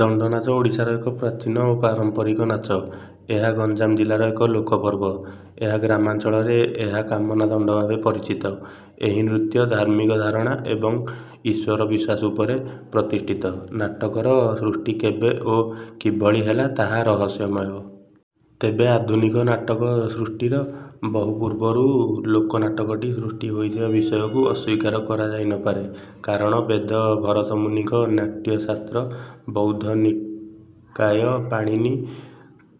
ଦଣ୍ଡନାଚ ଓଡ଼ିଶାର ଏକ ପ୍ରାଚୀନ ଓ ପାରମ୍ପରିକ ନାଚ। ଏହା ଗଞ୍ଜାମ ଜିଲ୍ଲାର ଏକ ଲୋକ ପର୍ବ। ଏହା ଗ୍ରାମାଞ୍ଚଳରେ ଏହା କାମନା ଦଣ୍ଡ ଭାବେ ପରିଚିତ। ଏହି ନୃତ୍ୟ ଧାର୍ମିକ ଧାରଣା ଏବଂ ଈଶ୍ୱର ବିଶ୍ୱାସ ଉପରେ ପ୍ରତିଷ୍ଠିତ। ନାଟକର ସୃଷ୍ଟି କେବେ ଓ କିଭଳି ହେଲା ତାହା ରହସ୍ୟମୟ। ତେବେ ଆଧୁନିକ ନାଟକ ସୃଷ୍ଟିର ବହୁ ପୂର୍ବରୁ ଲୋକନାଟକଟି ସୃଷ୍ଟି ହୋଇଥିବା ବିଷୟକୁ ଅସ୍ୱୀକାର କରାଯାଇ ନ ପାରେ। କାରଣ ବେଦ ଭରତମୁନିଙ୍କ ନାଟ୍ୟଶାସ୍ତ୍ର ବୌଦ୍ଧ ନିକାୟ ପାଣିନି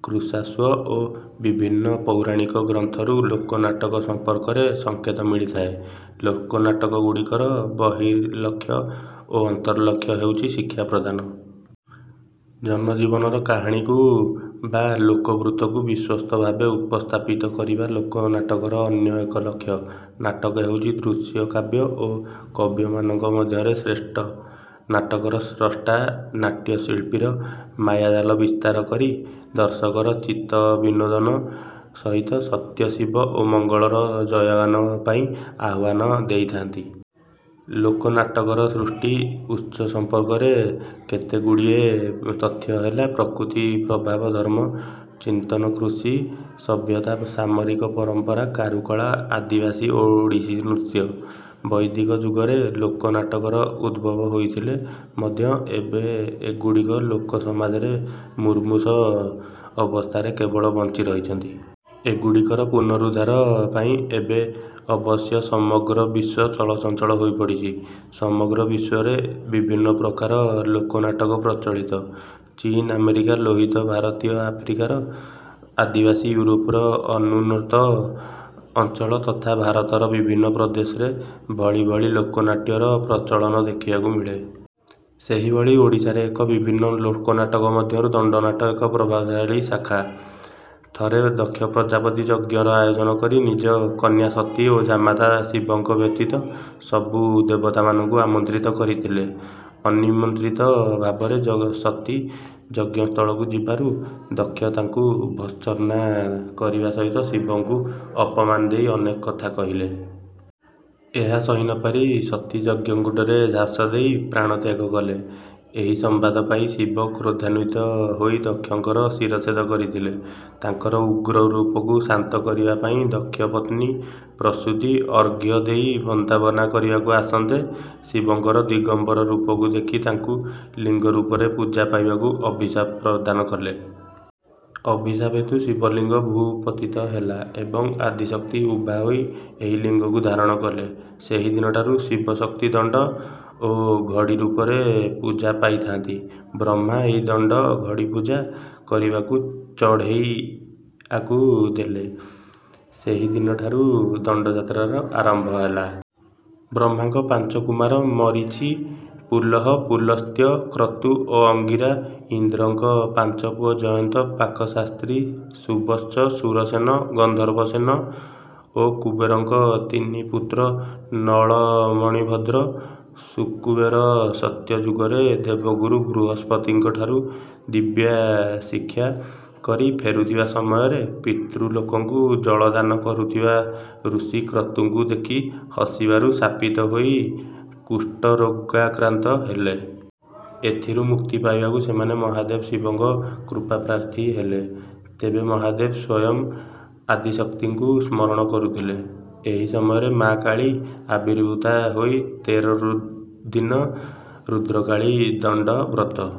କୃଶାଶ୍ୱ ଓ ବିଭିନ୍ନ ପୌରାଣିକ ଗ୍ରନ୍ଥରୁ ଲୋକନାଟକ ସମ୍ପର୍କରେ ସଂକେତ ମିଳିଥାଏ। ଲୋକନାଟକଗୁଡ଼ିକର ବହିର୍ଲକ୍ଷ୍ୟ ଓ ଅନ୍ତର୍ଲକ୍ଷ୍ୟ ହେଉଛି ଶିକ୍ଷା ପ୍ରଦାନ। ଜନଜୀବନର କାହାଣୀକୁ ବା ଲୋକବୃତ୍ତକୁ ବିଶ୍ୱସ୍ତ ଭାବେ ଉପସ୍ଥାପିତ କରିବା ଲୋକନାଟକର ଅନ୍ୟ ଏକ ଲକ୍ଷ୍ୟ। ନାଟକ ହେଉଛି ଦୃଶ୍ୟକାବ୍ୟ ଓ କାବ୍ୟମାନଙ୍କ ମଧ୍ୟରେ ଶ୍ରେଷ୍ଠ। ନାଟକର ସ୍ରଷ୍ଟା ନାଟ୍ୟ ଶିଳ୍ପୀର ମାୟାଜାଲ ବିସ୍ତାର କରି ଦର୍ଶକର ଚିତ୍ତ ବିନୋଦନ ସହିତ ସତ୍ୟ ଶିବ ଓ ମଙ୍ଗଳର ଜୟଗାନ ପାଇଁ ଆହ୍ୱାନ ଦେଇଥାନ୍ତି। ଲୋକ ନାଟକର ସୃଷ୍ଟି ଉତ୍ସ ସମ୍ପର୍କରେ କେତେଗୁଡ଼ିଏ ତଥ୍ୟ ହେଲା ପ୍ରକୃତି ପ୍ରଭାବ ଧର୍ମ ଚିନ୍ତନ କୃଷି ସଭ୍ୟତା ସାମରିକ ପରମ୍ପରା କାରୁକଳା ଆଦିବାସୀ ଓ ଓଡ଼ିଶୀ ନୃତ୍ୟ। ବୈଦିକ ଯୁଗରେ ଲୋକ ନାଟକର ଉଦ୍ଭବ ହୋଇଥିଲେ ମଧ୍ୟ ଏବେ ଏଗୁଡ଼ିକ ଲୋକ ସମାଜରେ ମୁମୂର୍ଷୁ ଅବସ୍ଥାରେ କେବଳ ବଞ୍ଚିରହିଛନ୍ତି। ଏଗୁଡ଼ିକର ପୁନରୁଦ୍ଧାର ପାଇଁ ଏବେ ଅବଶ୍ୟ ସମଗ୍ର ବିଶ୍ୱ ଚଳଚଞ୍ଚଳ ହୋଇପଡ଼ିଛି। ସମଗ୍ର ବିଶ୍ୱରେ ବିଭିନ୍ନ ପ୍ରକାର ଲୋକନାଟକ ପ୍ରଚଳିତ। ଚୀନ ଆମେରିକା ଲୋହିତ ଭାରତୀୟ ଆଫ୍ରିକାର ଆଦିବାସୀ ୟୁରୋପର ଅନୁନ୍ନତ ଅଞ୍ଚଳ ତଥା ଭାରତର ବିଭିନ୍ନ ପ୍ରଦେଶରେ ଭଳି ଭଳି ଲୋକନାଟ୍ୟର ପ୍ରଚଳନ ଦେଖିବାକୁ ମିଳେ। ସେହିଭଳି ଓଡ଼ିଶାରେ ମଧ୍ୟ ବିଭିନ୍ନ ଲୋକନାଟକ ମଧ୍ୟରୁ ଦଣ୍ଡନାଟ ଏକ ପ୍ରଭାବଶାଳୀ ଶାଖା। ଥରେ ଦକ୍ଷ ପ୍ରଜାପତି ଯଜ୍ଞର ଆୟୋଜନ କରି ନିଜ କନ୍ୟା ସତୀ ଓ ଜାମାତା ଶିବଙ୍କ ବ୍ୟତୀତ ସବୁ ଦେବତାମାନଙ୍କୁ ଆମନ୍ତ୍ରିତ କରିଥିଲେ। ଅନିମନ୍ତ୍ରିତ ଭାବରେ ସତୀ ଯଜ୍ଞସ୍ଥଳକୁ ଯିବାରୁ ଦକ୍ଷ ତାଙ୍କୁ ଭର୍ତ୍ସନା କରିବା ସହିତ ଶିବଙ୍କୁ ଅପମାନ ଦେଇ ଅନେକ କଥା କହିଲେ। ଏହା ସହି ନ ପାରି ସତୀ ଯଜ୍ଞକୁଣ୍ଡରେ ଝାସ ଦେଇ ପ୍ରାଣତ୍ୟାଗ କଲେ। ଏହି ସମ୍ବାଦ ପାଇ ଶିବ କ୍ରୋଧାନ୍ୱିତ ହୋଇ ଦକ୍ଷଙ୍କର ଶିରଚ୍ଛେଦ କରିଥିଲେ। ତାଙ୍କର ଉଗ୍ରରୂପକୁ ଶାନ୍ତ କରିବା ପାଇଁ ଦକ୍ଷ ପତ୍ନୀ ପ୍ରସୂତି ଅର୍ଘ୍ୟ ଦେଇ ବନ୍ଦାପନା କରିବାକୁ ଆସନ୍ତେ ଶିବଙ୍କର ଦିଗମ୍ବର ରୂପକୁ ଦେଖି ତାଙ୍କୁ ଲିଙ୍ଗରୂପରେ ପୂଜା ପାଇବାକୁ ଅଭିଶାପ ପ୍ରଦାନ କଲେ। ଅଭିଶାପ ହେତୁ ଶିବଲିଙ୍ଗ ଭୂପତିତ ହେଲା ଏବଂ ଆଦିଶକ୍ତି ଉଭା ହୋଇ ଏହି ଲିଙ୍ଗକୁ ଧାରଣ କଲେ। ସେହିଦିନଠାରୁ ଶିବଶକ୍ତି ଦଣ୍ଡ ଓ ଘଡ଼ି ରୂପରେ ପୂଜା ପାଇଥାନ୍ତି। ବ୍ରହ୍ମା ଏହି ଦଣ୍ଡ ଘଡ଼ି ପୂଜା କରିବାକୁ ଚଢ଼େଇଆକୁ ଦେଲେ। ସେହି ଦିନଠାରୁ ଦଣ୍ଡଯାତ୍ରାର ଆରମ୍ଭ ହେଲା। ବ୍ରହ୍ମାଙ୍କ ପାଞ୍ଚ କୁମାର ମରୀଚି ପୁଲହ ପୁଲସ୍ତ୍ୟ କ୍ରତୁ ଓ ଅଙ୍ଗିରା ଇନ୍ଦ୍ରଙ୍କ ପାଞ୍ଚ ପୁଅ ଜୟନ୍ତ ପାକଶାସ୍ତ୍ରୀ ସୁବତ୍ସ ସୁରସେନ ଗନ୍ଧର୍ବସେନ ଓ କୁବେରଙ୍କ ତିନି ପୁତ୍ର ନଳ ମଣିଭଦ୍ର ସୁକୁବେର ସତ୍ୟ ଯୁଗରେ ଦେବଗୁରୁ ବୃହସ୍ପତିଙ୍କଠାରୁ ବିଦ୍ୟାଶିକ୍ଷା କରି ଫେରୁଥିବା ସମୟରେ ପିତୃଲୋକଙ୍କୁ ଜଳଦାନ କରୁଥିବା ଋଷି କ୍ରତୁଙ୍କୁ ଦେଖି ହସିବାରୁ ଶାପିତ ହୋଇ କୁଷ୍ଠରୋଗାକ୍ରାନ୍ତ ହେଲେ। ଏଥିରୁ ମୁକ୍ତି ପାଇବାକୁ ସେମାନେ ମହାଦେବ ଶିବଙ୍କ କୃପାପ୍ରାର୍ଥୀ ହେଲେ। ତେବେ ମହାଦେବ ସ୍ୱୟଂ ଆଦିଶକ୍ତିଙ୍କୁ ସ୍ମରଣ କରୁଥିଲେ। ଏହି ସମୟରେ ମାଆ କାଳୀ ଆବିର୍ଭୂତା ହୋଇ ତେର ଦିନ ରୁଦ୍ରକାଳୀ ଦଣ୍ଡବ୍ରତ।